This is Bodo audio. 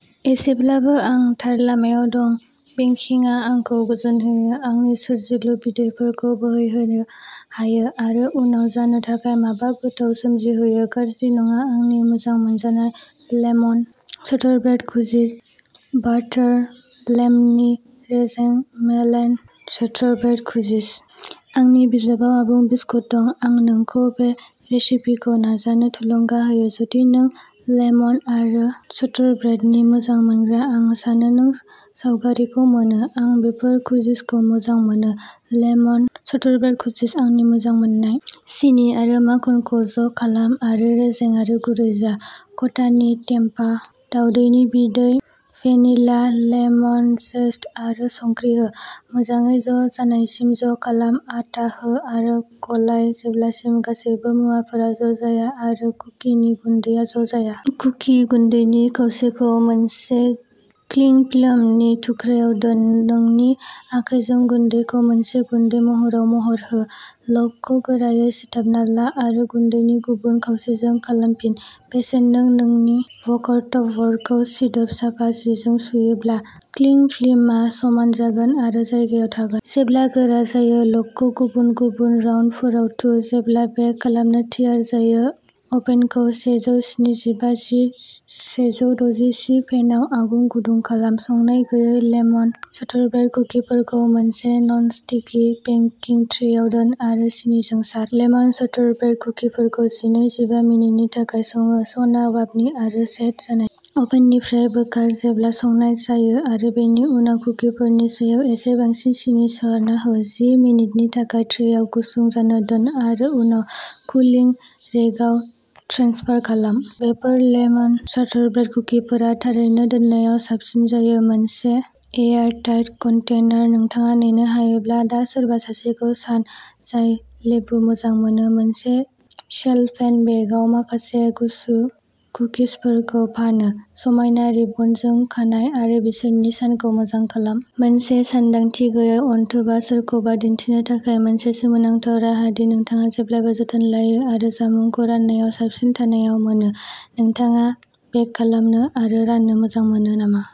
एसेब्लाबो आं थार लामायाव दं! बेकिंआ आंखौ गोजोन होयो, आंनि सोरजिलु बिदैफोरखौ बोहैहोनो हायो आरो उनाव जानो थाखाय माबा गोथाव सोमजिहोयो। गाज्रि नङा, आंनि मोजां मोनजानाय लेमन शर्टब्रेड कुजिज! बाटार, लेमनि, रेजें मेलेन शर्टब्रेड कुजिज। आंनि बिजाबाव आबुं बिस्कुट दं। आं नोंखौ बे रेसिपिखौ नाजानो थुलुंगा होयो, जुदि नों लेमन आरो शतरब्रेडनि मोजां मोनग्रा। आं सानो नों सावगारिखौ मोनो। आं बेफोर कुकिजखौ मोजां मोनो! लेमन शतरब्रेड कुजिज आंनि मोजां मोननाय! सिनि आरो माखनखौ ज' खालाम आरो रेजें आरो गुरै जा। खथानि टेम्प दावदैनि बिदै, भेनिला, लेमन जेस्ट आरो संख्रि हो। मोजाङै ज' जानायसिम ज' खालाम। आटा हो आरो गलाय जेब्लासिम गासैबो मुवाफोरा ज' जाया आरो कुकिनि गुन्दैआ ज' जाया। कुकि गुन्दैनि खावसेखौ मोनसे क्लिं फिल्मनि थुख्राआव दोन। नोंनि आखाइजों गुन्दैखौ मोनसे गुन्दै महराव महर हो। लगखौ गोरायै सिथाबना ला आरो गुन्दैनि गुबुन खावसेजों खालामफिन। बेसोन नों नोंनि वर्कटप ब'र्डखौ सिदोब, साफा जिजों सुयोब्ला, क्लिं फिल्मआ समान जागोन आरो जायगायाव थागोन! जेब्ला गोरा जायो, लगखौ गुबुन गुबुन राउन्डफोराव थु। जेब्ला बेक खालामनो थियारि जायो, अभेनखौ सेजौ स्निजिबा सि सेजौ द'जि सि फेनआव आगु गुदुं खालाम। संनाय गैयै लेमन शतरब्रेड कुकिफोरखौ मोनसे ननस्टिकि बेकिं ट्रेआव दोन आरो सिनिजों सार। लेमन शतरब्रेड कुकिफोरखौ जिनै जिबा मिनिटनि थाखाय सङो, सना गाबनि आरो सेट जानाय। अभेननिफ्राय बोखार, जेब्ला संनाय जायो आरो बेनि उनाव कुकिफोरनि सायाव एसे बांसिन सिनि सारना हो। जि मिनिटनि थाखाय ट्रेआव गुसु जानो दोन आरो उनाव कुलिं रेकआव ट्रेन्सफार खालाम। बेफोर लेमन शतरब्रेड कुकिफोरा थारैनो दोननायाव साबसिन जायो, मोनसे एयारटाइट कन्टेनार, नोंथाङा नेनो हायोब्ला। दा सोरबा सासेखौ सान, जाय लेबु मोजां मोनो, मोनसे सेल' फेन बेगआव माखासे गुसु कुकिसफोरखौ फानो, समायना रिबनजों खानाय आरो बिसोरनि सानखौ मोजां खालाम! मोनसे सानदांथि गैयै अनथोबआ सोरखौबा दिन्थिनो थाखाय मोनसे सोमोनांथाव राहा दि नोंथाङा जेब्लाबो जोथोन लायो आरो जामुंखौ राननायाव साबसिन थानायाव मोनो। नोंथाङा बेक खालामनो आरो राननो मोजां मोनो नामा?